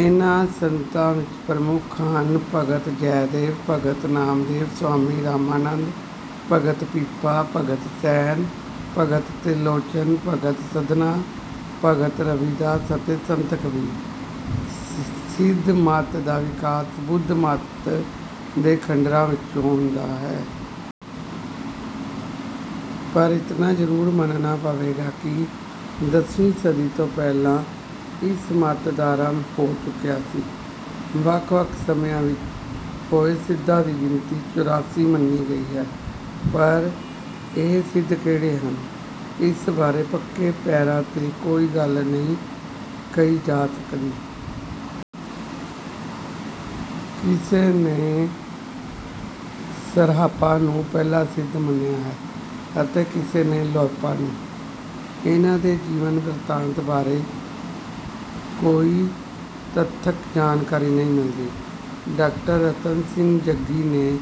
ਇਨ੍ਹਾਂ ਸੰਤਾਂ ਵਿੱਚ ਪ੍ਰਮੁੱਖ ਹਨ ਭਗਤ ਜੈਦੇਵ, ਭਗਤ ਨਾਮਦੇਵ, ਸੁਆਮੀ ਰਾਮਾਨੰਦ, ਭਗਤ ਪੀਪਾ, ਭਗਤ ਸੈਣ, ਭਗਤ ਤ੍ਰਿਲੋਚਨ, ਭਗਤ ਸਧਨਾ, ਭਗਤ ਰਵਿਦਾਸ ਅਤੇ ਸੰਤ ਕਬੀਰ। ਸਿੱਧ ਮੱਤ ਦਾ ਵਿਕਾਸ ਬੁੱਧ ਮੱਤ ਦੇ ਖੰਡਰਾਂ ਵਿੱਚੋਂ ਹੁੰਦਾ ਹੈ। ਪਰ ਇਤਨਾ ਜ਼ਰੂਰ ਮੰਨਣਾ ਪਵੇਗਾ ਕਿ ਦਸਵੀਂ ਸਦੀ ਤੋਂ ਪਹਿਲਾਂ ਇਸ ਮੱਤ ਦਾ ਆਰੰਭ ਹੋ ਚੁੱਕਿਆ ਸੀ। ਵੱਖ-ਵੱਖ ਸਮਿਆਂ ਵਿੱਚ ਹੋਏ ਸਿੱਧਾਂ ਦੀ ਗਿਣਤੀ ਚੁਰਾਸੀ ਮੰਨੀ ਗਈ ਹੈ। ਪਰ ਇਹ ਸਿੱਧ ਕਿਹੜੇ ਹਨ, ਇਸ ਬਾਰੇ ਪੱਕੇ ਪੈਰਾਂ ’ਤੇ ਕੋਈ ਗੱਲ ਨਹੀਂ ਕਹੀ ਜਾ ਸਕਦੀ। ਕਿਸੇ ਨੇ ਸਰਹਪਾ ਨੂੰ ਪਹਿਲਾ ਸਿੱਧ ਮੰਨਿਆ ਹੈ ਅਤੇ ਕਿਸੇ ਨੇ ਲੂਇਪਾ ਨੂੰ। ਇਨ੍ਹਾਂ ਦੇ ਜੀਵਨ-ਬਿਰਤਾਂਤ ਬਾਰੇ ਕੋਈ ਤੱਥਕ ਜਾਣਕਾਰੀ ਨਹੀਂ ਮਿਲਦੀ। ਡਾਕਟਰ ਰਤਨ ਸਿੰਘ ਜੱਗੀ ਨੇ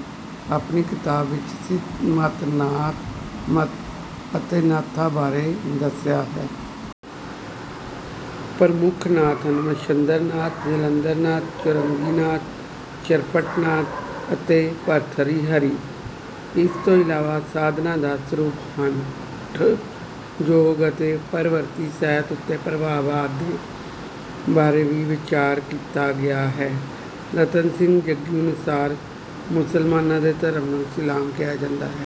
ਆਪਣੀ ਕਿਤਾਬ ਵਿੱਚ ਸਿੱਧ ਮੱਤ, ਨਾਥ ਮੱਤ ਅਤੇ ਨਾਥਾਂ ਬਾਰੇ ਦੱਸਿਆ ਹੈ। ਪ੍ਰਮੁੱਖ ਨਾਥ ਹਨ ਮਛੰਦਰ ਨਾਥ, ਜਲੰਧਰ ਨਾਥ, ਚੌਰੰਗੀਨਾਥ, ਚਰਪਟ ਨਾਥ ਅਤੇ ਭਰਥਰੀ ਹਰੀ। ਇਸ ਤੋਂ ਇਲਾਵਾ ਸਾਧਨਾ ਦਾ ਸਰੂਪ, ਹਠ ਯੋਗ ਅਤੇ ਪਰਵਰਤੀ ਸਾਹਿਤ ਉੱਤੇ ਪ੍ਰਭਾਵ ਆਦਿ ਬਾਰੇ ਵੀ ਵਿਚਾਰ ਕੀਤਾ ਗਿਆ ਹੈ। ਰਤਨ ਸਿੰਘ ਜੱਗੀ ਅਨੁਸਾਰ, ਮੁਸਲਮਾਨਾਂ ਦੇ ਧਰਮ ਨੂੰ ਇਸਲਾਮ ਕਿਹਾ ਜਾਂਦਾ ਹੈ।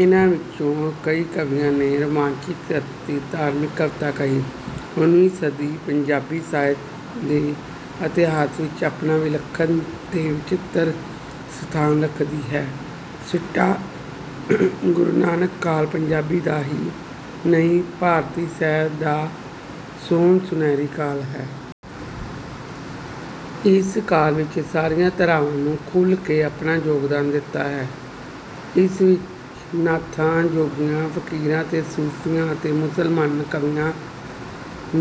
ਇਨ੍ਹਾਂ ਵਿੱਚੋਂ ਕਈ ਕਵੀਆਂ ਨੇ ਰੋਮਾਂਚਿਕ ਤੇ ਧਾਰਮਿਕ ਕਵਿਤਾ ਕਹੀ। ਉਨ੍ਹੀਵੀਂ ਸਦੀ ਪੰਜਾਬੀ ਸਾਹਿਤ ਦੇ ਇਤਿਹਾਸ ਵਿੱਚ ਆਪਣਾ ਵਿਲੱਖਣ ਤੇ ਵਚਿੱਤਰ ਸਥਾਨ ਰੱਖਦੀ ਹੈ। ਸਿੱਟਾ: ਗੁਰੂ ਨਾਨਕ ਕਾਲ ਪੰਜਾਬੀ ਦਾ ਹੀ ਨਹੀਂ, ਭਾਰਤੀ ਸਾਹਿਤ ਦਾ ਸੋਨ-ਸੁਨਹਿਰੀ ਕਾਲ ਹੈ। ਇਸ ਕਾਲ ਵਿੱਚ ਸਾਰੀਆਂ ਧਾਰਾਵਾਂ ਨੇ ਖੁੱਲ੍ਹ ਕੇ ਆਪਣਾ ਯੋਗਦਾਨ ਦਿੱਤਾ ਹੈ। ਇਸ ਵਿੱਚ ਨਾਥਾਂ, ਜੋਗੀਆਂ, ਫ਼ਕੀਰਾਂ ਤੇ ਸੂਫ਼ੀਆਂ ਅਤੇ ਮੁਸਲਮਾਨ ਕਵੀਆਂ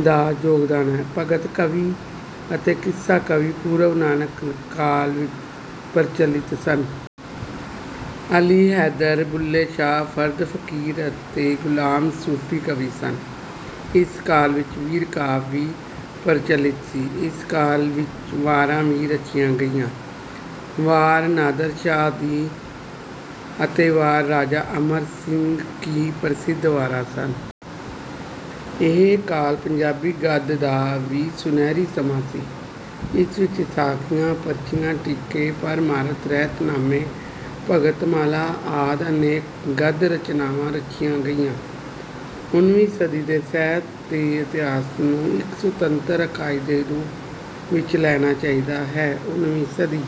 ਦਾ ਯੋਗਦਾਨ ਹੈ। ਭਗਤ ਕਵੀ ਅਤੇ ਕਿੱਸਾ ਕਵੀ ਪੂਰਵ-ਨਾਨਕ ਕਾਲ ਵਿੱਚ ਪ੍ਰਚਲਿਤ ਸਨ। ਅਲੀ ਹੈਦਰ, ਬੁੱਲ੍ਹੇ ਸ਼ਾਹ, ਫ਼ਰਦ ਫ਼ਕੀਰ ਅਤੇ ਗੁਲਾਮ ਸੂਫ਼ੀ ਕਵੀ ਸਨ। ਇਸ ਕਾਲ ਵਿੱਚ ਵੀਰ-ਕਾਵਿ ਵੀ ਪ੍ਰਚਲਿਤ ਸੀ। ਇਸ ਕਾਲ ਵਿੱਚ ਵਾਰਾਂ ਵੀ ਰਚੀਆਂ ਗਈਆਂ। ‘ਵਾਰ ਨਾਦਰ ਸ਼ਾਹ ਦੀ’ ਅਤੇ ‘ਵਾਰ ਰਾਜਾ ਅਮਰ ਸਿੰਘ ਕੀ’ ਪ੍ਰਸਿੱਧ ਵਾਰਾਂ ਸਨ। ਇਹ ਕਾਲ ਪੰਜਾਬੀ ਗੱਦ ਦਾ ਵੀ ਸੁਨਹਿਰੀ ਸਮਾਂ ਸੀ। ਇਸ ਵਿੱਚ ਸਾਖੀਆਂ, ਪਰਚੀਆਂ, ਟੀਕੇ, ਪਰਮਾਰਥ, ਰਹਿਤਨਾਮੇ, ਭਗਤਮਾਲਾਂ ਆਦਿ ਅਨੇਕਾਂ ਗੱਦ-ਰਚਨਾਵਾਂ ਰਚੀਆਂ ਗਈਆਂ। ਉਨ੍ਹੀਵੀਂ ਸਦੀ ਦੇ ਸਾਹਿਤ ਦੇ ਇਤਿਹਾਸ ਨੂੰ ਇੱਕ ਸੁਤੰਤਰ ਇਕਾਈ ਦੇ ਰੂਪ ਵਿੱਚ ਲੈਣਾ ਚਾਹੀਦਾ ਹੈ। ਉਨ੍ਹੀਵੀਂ ਸਦੀ...